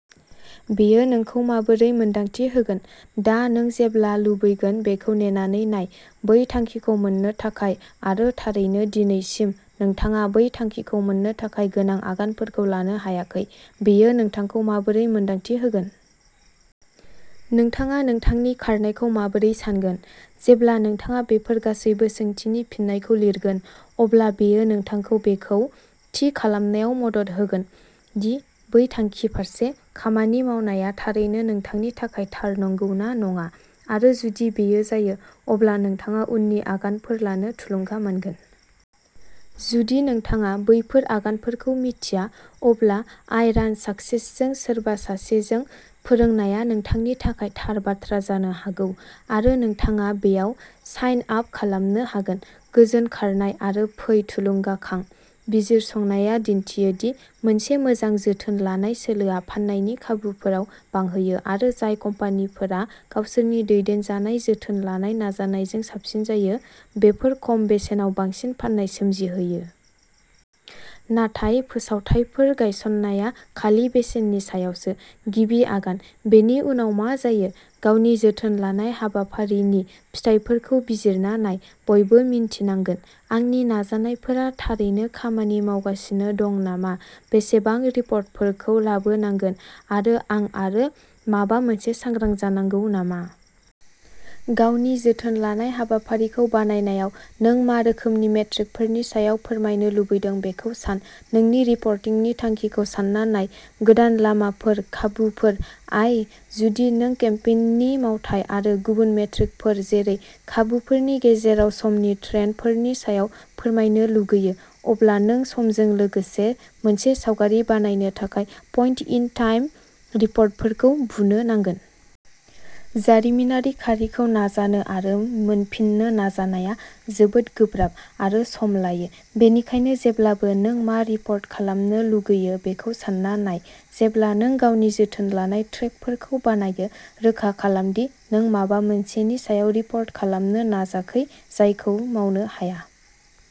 बेयो नोंखौ माबोरै मोन्दांथि होगोन? दा नों जेब्ला लुबैगोन बेखौ नेनानै नाय। बै थांखिखौ मोन्नो थाखाय, आरो थारैनो दिनैसिम, नोंथाङा बै थांखिखौ मोन्नो थाखाय गोनां आगानफोरखौ लानो हायाखै। बेयो नोंथांखौ माबोरै मोन्दांथि होगोन? नोंथाङा नोंथांनि खारनायखौ माबोरै सानगोन? जेब्ला नोंथाङा बेफोर गासैबो सोंथिनि फिननायखौ लिरगोन, अब्ला बेयो नोंथांखौ बेखौ थि खालामनायाव मदद होगोन दि बै थांखि फारसे खामानि मावनाया थारैनो नोंथांनि थाखाय थार नंगौना नङा, आरो जुदि बेयो जायो, अब्ला नोंथाङा उननि आगानफोर लानो थुलुंगा मोनगोन। जुदि नोंथाङा बैफोर आगानफोरखौ मिथिया, अब्ला आई रान सक्सेसजों सोरबा सासेजों फोरोंनाया नोंथांनि थाखाय थार बाथ्रा जानो हागौ, आरो नोंथाङा बेयाव साइन आप खालामनो हागोन। गोजोन खारनाय, आरो फै थुलुंगाखां। बिजिरसंनाया दिन्थियो दि मोनसे मोजां जोथोन लानाय सोलोआ फान्नायनि खाबुफोराव बांहोयो आरो जाय कम्पानिफोरा गावसोरनि दैदेनजानाय जोथोन लानाय नाजानायजों साबसिन जायो, बेफोर खम बेसेनाव बांसिन फान्नाय सोमजिहोयो। नाथाय फोसावथायफोर गायसन्नाया खालि बेसेननि सायावसो। गिबि आगान। बेनि उनाव मा जायो? गावनि जोथोन लानाय हाबाफारिनि फिथाइफोरखौ बिजिरना नाय। बयबो मिन्थिनांगोनः आंनि नाजानायफोरा थारैनो खामानि मावगासिनो दं नामा, बेसेबां रिपर्टफोरखौ लाबोनांगोन, आरो आं आरो माबा मोनसे सांग्रां जानांगौ नामा? गावनि जोथोन लानाय हाबाफारिखौ बानायनायाव, नों मा रोखोमनि मेट्रिकफोरनि सायाव फोरमायनो लुबैदों बेखौ सान। नोंनि रिपर्टिंनि थांखिखौ सान्ना नाय; गोदान लामाफोर, खाबुफोर, आय? जुदि नों केम्पेइननि मावथाय आरो गुबुन मेट्रिकफोर जेरै खाबुफोरनि गेजेराव समनि ट्रेन्डफोरनि सायाव फोरमायनो लुगैयो, अब्ला नों समजों लोगोसे मोनसे सावगारि बानायनो थाखाय पइन्ट-इन-टाइम रिपर्टफोरखौ बुनो नांगोन। जारिमिनारि खारिखौ नाजानो आरो मोनफिननो नाजानाया जोबोद गोब्राब आरो सम लायो; बेनिखायनो जेब्लाबो नों मा रिपर्ट खालामनो लुगैयो बेखौ सान्ना नाय, जेब्ला नों गावनि जोथोन लानाय ट्रेकफोरखौ बानायो। रोखा खालाम दि नों माबा मोनसेनि सायाव रिपर्ट खालामनो नाजाखै जायखौ मावनो हाया।